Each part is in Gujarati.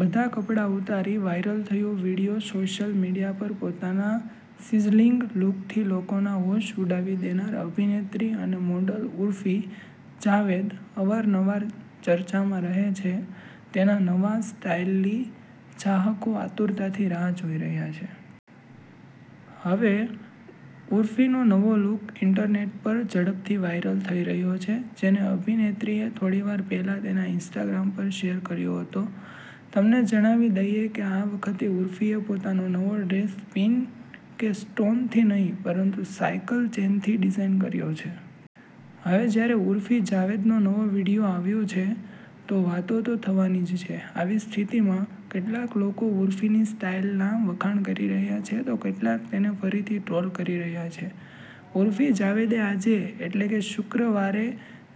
બધા કપડા ઉતારી વાયરલ થયો વિડીયો સોશિયલ મીડિયા પર પોતાના સિઝલિંગ લુકથી લોકોના હોશ ઉડાવી દેનાર અભિનેત્રી અને મોડલ ઉર્ફી જાવેદ અવારનવાર ચર્ચામાં રહે છે. તેના નવા સ્ટાઈલની ચાહકો આતુરતાથી રાહ જોઈ રહ્યા છે. હવે ઉર્ફીનો નવો લુક ઈન્ટરનેટ પર ઝડપથી વાયરલ થઈ રહ્યો છે, જેને અભિનેત્રીએ થોડીવાર પહેલા તેના ઈન્સ્ટાગ્રામ પર શેર કર્યો હતો. તમને જણાવી દઈએ કે આ વખતે ઉર્ફીએ પોતાનો નવો ડ્રેસ પીન કે સ્ટોનથી નહીં, પરંતુ સાઈકલ ચેઈનથી ડિઝાઈન કર્યો છે. હવે જ્યારે ઉર્ફી જાવેદનો નવો વિડિયો આવ્યો છે, તો વાતો તો થવાની જ છે. આવી સ્થિતિમાં, કેટલાક લોકો ઉર્ફીની સ્ટાઈલના વખાણ કરી રહ્યા છે તો કેટલાક તેને ફરીથી ટ્રોલ કરી રહ્યા છે. ઉર્ફી જાવેદે આજે એટલે કે શુક્રવારે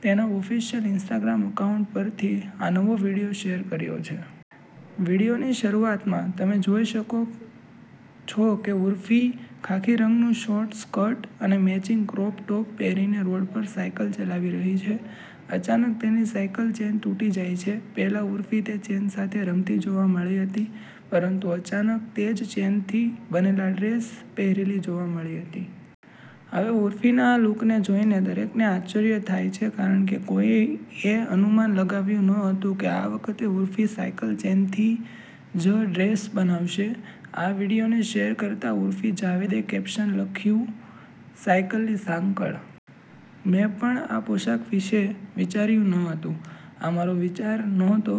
તેના ઓફિશિયલ ઈન્સ્ટાગ્રામ એકાઉન્ટ પરથી આ નવો વીડિયો શેર કર્યો છે. વીડિયોની શરૂઆતમાં, તમે જોઈ શકો છો કે ઉર્ફી ખાકી રંગનું શોર્ટ સ્કર્ટ અને મેચિંગ ક્રોપ ટોપ પહેરીને રોડ પર સાઈકલ ચલાવી રહી છે. અચાનક તેની સાયકલ ચેઈન તૂટી જાય છે. પહેલા ઉર્ફી તે ચેન સાથે રમતી જોવા મળી હતી, પરંતુ અચાનક તે જ ચેનથી બનેલો ડ્રેસ પહેરેલી જોવા મળી હતી. હવે ઉર્ફીના આ લુકને જોઈને દરેકને આશ્ચર્ય થાય છે કારણ કે કોઈએ અનુમાન લગાવ્યું ન હતું કે આ વખતે ઉર્ફી સાઈકલ ચેઈનથી જ ડ્રેસ બનાવશે. આ વીડિયોને શેર કરતાં ઉર્ફી જાવેદે કેપ્શન લખ્યું- સાયકલની સાંકળ! મેં પણ આ પોશાક વિશે વિચાર્યું ન હતું. આ મારો વિચાર નહોતો.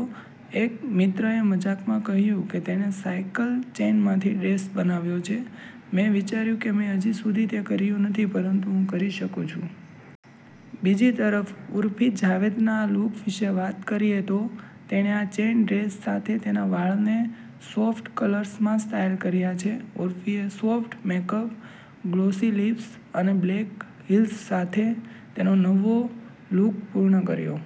એક મિત્રએ મજાકમાં કહ્યું કે તેણે સાઈકલ ચેઈનમાંથી ડ્રેસ બનાવ્યો છે. મેં વિચાર્યું કે મેં હજી સુધી તે કર્યું નથી પરંતુ હું કરી શકું છું. બીજી તરફ, ઉર્ફી જાવેદના આ લુક વિશે વાત કરીએ તો, તેણે આ ચેઈન ડ્રેસ સાથે તેના વાળને સોફ્ટ કર્લ્સમાં સ્ટાઈલ કર્યા છે. ઉર્ફીએ સોફ્ટ મેકઅપ, ગ્લોસી લિપ્સ અને બ્લેક હીલ્સ સાથે તેનો નવો લુક પૂર્ણ કર્યો.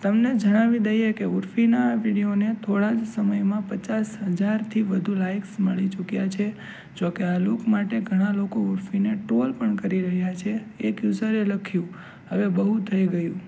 તમને જણાવી દઈએ કે ઉર્ફીના આ વીડિયોને થોડા જ સમયમાં પચાસ હજારથી વધુ લાઈક્સ મળી ચૂક્યા છે. જો કે આ લુક માટે ઘણા લોકો ઉર્ફીને ટ્રોલ પણ કરી રહ્યા છે. એક યુઝરે લખ્યું, 'હવે બહુ થઈ ગયું'.